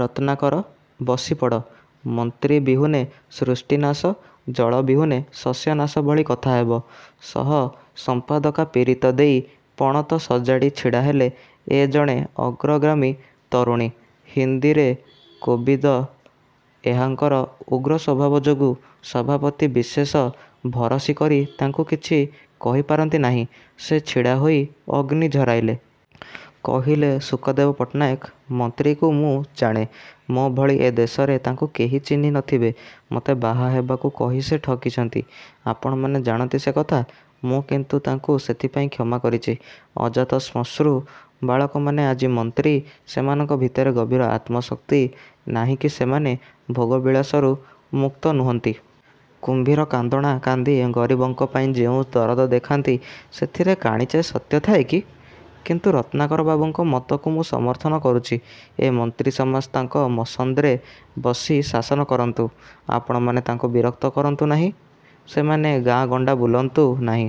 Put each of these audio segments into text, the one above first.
ରତ୍ନାକର ବସିପଡ଼–ମନ୍ତ୍ରୀ ବିହୁନେ ସୃଷ୍ଟିନାଶ, ଜଳେବିହୁନେ ଶସ୍ୟନାଶ ଭଳି କଥା ହେବ। ସହ ସମ୍ପାଦକା ପୀରିତ ଦେଈ ପଣତ ସଜାଡ଼ି ଛିଡ଼ାହେଲେ–ଏ ଜଣେ ଅଗ୍ରଗାମୀ ତରୁଣୀ। ହିନ୍ଦୀରେ କୋବିଦ। ଏହାଙ୍କର ଉଗ୍ରସ୍ଵଭାବ ଯୋଗୁ ସଭାପତି ବିଶେଷ ଭରସି କରି ତାଙ୍କୁ କିଛି କହିପାରନ୍ତି ନାହିଁ। ସେ ଛିଡ଼ାହୋଇ ଅଗ୍ନି ଝରାଇଲେ। କହିଲେ, "ଶୁକଦେବ ପଟ୍ଟନାୟକ–ମନ୍ତ୍ରୀକୁ ମୁଁ ଜାଣେ। ମୋ ଭଳି ଏ ଦେଶରେ ତାଙ୍କୁ କେହି ଚିହ୍ନି ନଥିବେ। ମତେ ବାହାହେବାକୁ କହି ସେ ଠକିଛନ୍ତି। ଆପଣମାନେ ଜାଣନ୍ତି ସେ କଥା। ମୁଁ କିନ୍ତୁ ତାଙ୍କୁ ସେଥିପାଇଁ କ୍ଷମାକରିଛି। ଅଜାତଶ୍ମଶ୍ରୁ ବାଳକମାନେ ଆଜି ମନ୍ତ୍ରୀ; ସେମାନଙ୍କ ଭିତରେ ଗଭୀର ଆତ୍ମଶକ୍ତି ନାହିଁ କି ସେମାନେ ଭୋଗବିଳାସରୁ ମୁକ୍ତ ନୁହନ୍ତି। କୁମ୍ଭୀର-କାନ୍ଦଣା କାନ୍ଦି ଗରିବଙ୍କ ପାଇଁ ଯେଉଁ ଦରଦ ଦେଖାନ୍ତି, ସେଥିରେ କାଣିଚାଏ ସତ୍ୟ ଥାଏ କି? ତେଣୁ ରତ୍ନାକରବାବୁଙ୍କ ମତକୁ ମୁଁ ସମର୍ଥନ କରୁଛି। ଏ ମନ୍ତ୍ରି ସମାଜ ତାଙ୍କ ମସ୍ନଦ୍ରେ ବସି ଶାସନ କରନ୍ତୁ। ଆପଣମାନେ ତାଙ୍କୁ ବିରକ୍ତ କରନ୍ତୁନାହିଁ। ସେମାନେ ଗାଁଗଣ୍ଡା ବୁଲନ୍ତୁ ନାହିଁ।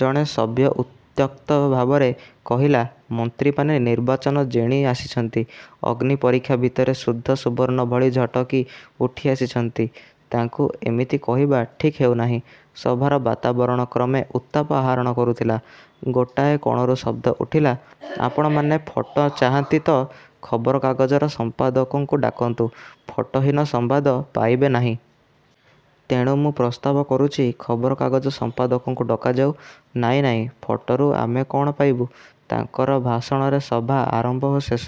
ଜଣେ ସଭ୍ୟ ଉତ୍ତ୍ୟକ୍ତ ଭାବରେ କହିଲା–ମନ୍ତ୍ରୀମାନେ ନିର୍ବାଚନ ଜିଣି ଆସିଛନ୍ତି। ଅଗ୍ନି ପରୀକ୍ଷା ଭିତରେ ଶୁଦ୍ଧ ସୁବର୍ଣ୍ଣ ଭଳି ଝଟକି ଉଠି ଆସିଛନ୍ତି। ତାଙ୍କୁ ଏମିତି କହିବା ଠିକ୍ ହେଉନାହିଁ। ସଭାର ବାତାବରଣ କ୍ରମେ ଉତ୍ତାପ ଆହରଣ କରୁଥିଲା। ଗୋଟାଏ କଣରୁ ଶବ୍ଦ ଉଠିଲା– ଆପଣମାନେ ଫଟୋ ଚାହାନ୍ତି ତ ଖବରକାଗଜର ସମ୍ପାଦକଙ୍କୁ ଡାକନ୍ତୁ; ଫଟୋହୀନ ସମ୍ବାଦ ପାଇବେ ନାହିଁ। ତେଣୁ ମୁଁ ପ୍ରସ୍ତାବ କରୁଛି ଖବରକାଗଜ ସମ୍ପାଦକଙ୍କୁ ଡକାଯାଉ। "ନାଇଁ ନାଇଁ, ଫଟୋରୁ ଆମେ କଅଣ ପାଇବୁ? ତାଙ୍କର ଭାଷଣରେ ସଭା ଆରମ୍ଭ ଓ ଶେଷ,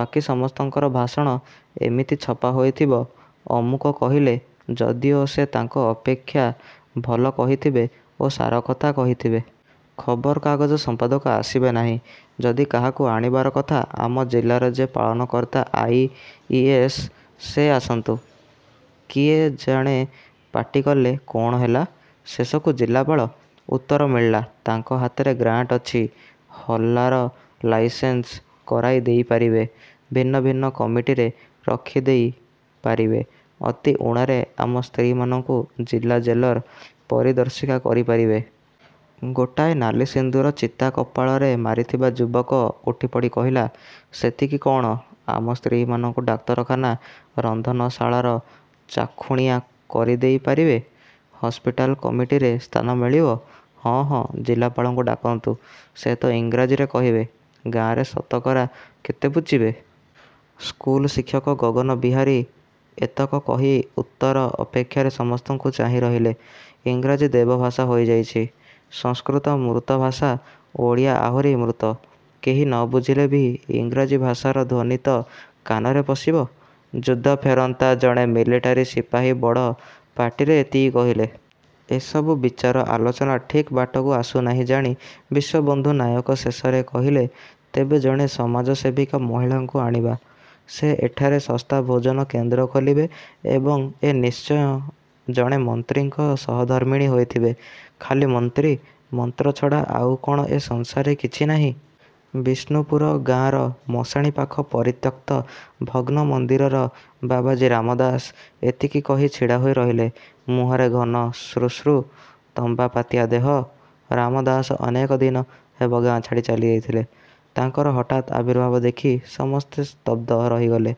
ବାକୀ ସମସ୍ତଙ୍କର ଭାଷଣ–ଏମିତି ଛପାହୋଇଥିବ–''ଅମୁକ କହିଲେ" ଯଦିଓ ସେ ତାଙ୍କ ଅପେକ୍ଷା ଭଲ କହିଥିବେ ଓ ସାରକଥା କହିଥିବେ। ଖବରକାଗଜ ସମ୍ପାଦକ ଆସିବେ ନାହିଁ। ଯଦି କାହାକୁ ଆଣିବାର କଥା, ଆମ ଜିଲ୍ଲାର ଯେ ପାଳନକର୍ତ୍ତା ଆ. ଇ. ଏସ୍, ସେ ଆସନ୍ତୁ। " କିଏ ଜଣେ ପାଟିକଲେ–"କଅଣ ହେଲା? ଶେଷକୁ ଜିଲ୍ଲାପାଳ? " ଉତ୍ତର ମିଳିଲା–"ତାଙ୍କ ହାତରେ ଗ୍ରାଣ୍ଟ୍ ଅଛି, ହଲାର ଲାଇସେନ୍ସ କରାଇ ଦେଇପାରିବେ, ଭିନ୍ନ ଭିନ୍ନ କମିଟିରେ ରଖିଦେଇ ପାରିବେ; ଅତି ଊଣାରେ ଆମ ସ୍ତ୍ରୀମାନଙ୍କୁ ଜିଲା ଜେଲର ପରିଦର୍ଶିକା କରି ପାରିବେ। " ଗୋଟାଏ ନାଲି ସିନ୍ଦୂର ଚିତା କପାଳରେ ମାରିଥିବା ଯୁବକ ଉଠିପଡ଼ି କହିଲା–ସେତିକି କଅଣ? ଆମ ସ୍ତ୍ରୀମାନଙ୍କୁ ଡାକ୍ତରଖାନା ରନ୍ଧନଶାଳାର ଚାଖୁଣିଆ କରିଦେଇ ପାରିବେ, ହସ୍ପିଟାଲ କମିଟିରେ ସ୍ଥାନ ମିଳିବ। ହଁ ହଁ, ଜିଲ୍ଲାପାଳଙ୍କୁ ଡାକନ୍ତୁ। "ସେତ ଇଂରାଜୀରେ କହିବେ, ଗାଁରେ ଶତକରା କେତେ ବୁଝିବେ? " ସ୍କୁଲଶିକ୍ଷକ ଗଗନବିହାରୀ ଏତକ କହି ଉତ୍ତର ଅପେକ୍ଷାରେ ସମସ୍ତଙ୍କୁ ଚାହିଁରହିଲେ। -"ଇଂରାଜୀ ଦେବଭାଷା ହୋଇଯାଇଛି। ସଂସ୍କୃତ ମୃତଭାଷା, ଓଡ଼ିଆ ଆହୁରି ମୃତ। କେହି ନ ବୁଝିଲେ ବି ଇଂରାଜୀ ଭାଷାର ଧ୍ୱନି ତ କାନରେ ପଶିବ? "ଯୁଦ୍ଧଫେରନ୍ତା ଜଣେ ମିଲିଟାରୀ ସିପାହୀ ବଡ଼ ପାଟିରେ ଏତିକି କହିଲେ। ଏସବୁ ବିଚାର ଆଲୋଚନା ଠିକ୍ ବାଟକୁ ଆସୁନାହିଁ ଜାଣି ବିଶ୍ଵବନ୍ଧୁ ନାୟକ ଶେଷରେ କହିଲେ– "ତେବେ ଜଣେ ସମାଜସେବିକା ମହିଳାଙ୍କୁ ଆଣିବା। ସେ ଏଠାରେ ଶସ୍ତା ଭୋଜନ କେନ୍ଦ୍ର ଖୋଲିବେ ଏବଂ ଏ ନିଶ୍ଚୟ ଜଣେ ମନ୍ତ୍ରୀଙ୍କ ସହଧର୍ମିଣୀ ହୋଇଥିବେ। " "ଖାଲି ମନ୍ତ୍ରୀ–ମନ୍ତ୍ରଛଡ଼ା ଆଉ କଣ ଏ ସଂସାରରେ କିଛି ନାହିଁ? "ବିଷ୍ଣୁପୁର ଗାଁର ମଶାଣିପାଖ ପରିତ୍ୟକ୍ତ ଭଗ୍ନ ମନ୍ଦିରର ବାବାଜୀ ରାମ ଦାସ ଏତିକି କହି ଛିଡ଼ାହୋଇରହିଲେ। ମୁହଁରେ ଘନ ଶ୍ମଶ୍ରୁ, ତମ୍ବାପାତିଆ ଦେହ... ରାମଦାସ ଅନେକ ଦିନ ହେବ ଗାଁ ଛାଡ଼ି ଚାଲିଯାଇଥିଲେ-। ତାଙ୍କର ହଠାତ୍ ଆବିର୍ଭାବ ଦେଖି ସମସ୍ତେ ସ୍ତବ୍ଧ ରହିଗଲେ।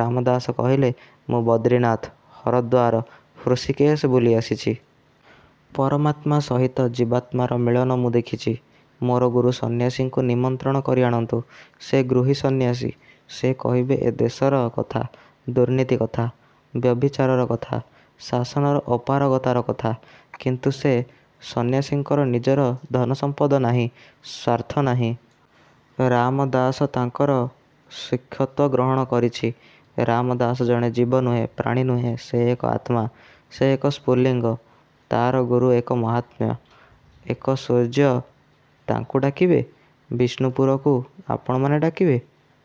ରାମ ଦାସ କହିଲେ, "ମୁଁ ବଦ୍ରିନାଥ, ହରଦ୍ୱାର, ହୃଷୀକେଶ ବୁଲିଆସିଛି। ପରମାତ୍ମା ସହିତ ଜୀବାତ୍ମାର ମିଳନ ମୁଁ ଦେଖିଛି। ମୋର ଗୁରୁ ସନ୍ନ୍ୟାସୀଙ୍କୁ ନିମନ୍ତ୍ରଣ କରି ଆଣନ୍ତୁ। ସେ ଗୃହୀ ସନ୍ୟାସୀ। ସେ କହିବେ ଏ ଦେଶର କଥା, ଦୁର୍ନୀତି କଥା, ବ୍ୟଭିଚାରର କଥା, ଶାସନର ଅପାରଗତାର କଥା; କିନ୍ତୁ ସେ ସନ୍ନ୍ୟାସୀଙ୍କର ନିଜର ଧନସମ୍ପଦ ନାହିଁ, ସ୍ଵାର୍ଥ ନାହିଁ। ରାମ ଦାସ ତାଙ୍କର ଶିକ୍ଷତ୍ଵ ଗ୍ରହଣ କରିଛି। ରାମ ଦାସ ଜଣେ ଜୀବ ନୁହେଁ, ପ୍ରାଣୀ ନୁହେଁ, ସେ ଏକ ଆତ୍ମା, ସେ ଏକ ସ୍ପୁଲିଙ୍ଗ, ତାର ଗୁରୁ ଏକ ମହାତ୍ମା, ଏକ ସୂର୍ଯ୍ୟ... ତାଙ୍କୁ ଡାକିବେ? ବିଷ୍ଣୁପୁରକୁ ଆପଣମାନେ ଡାକିବେ?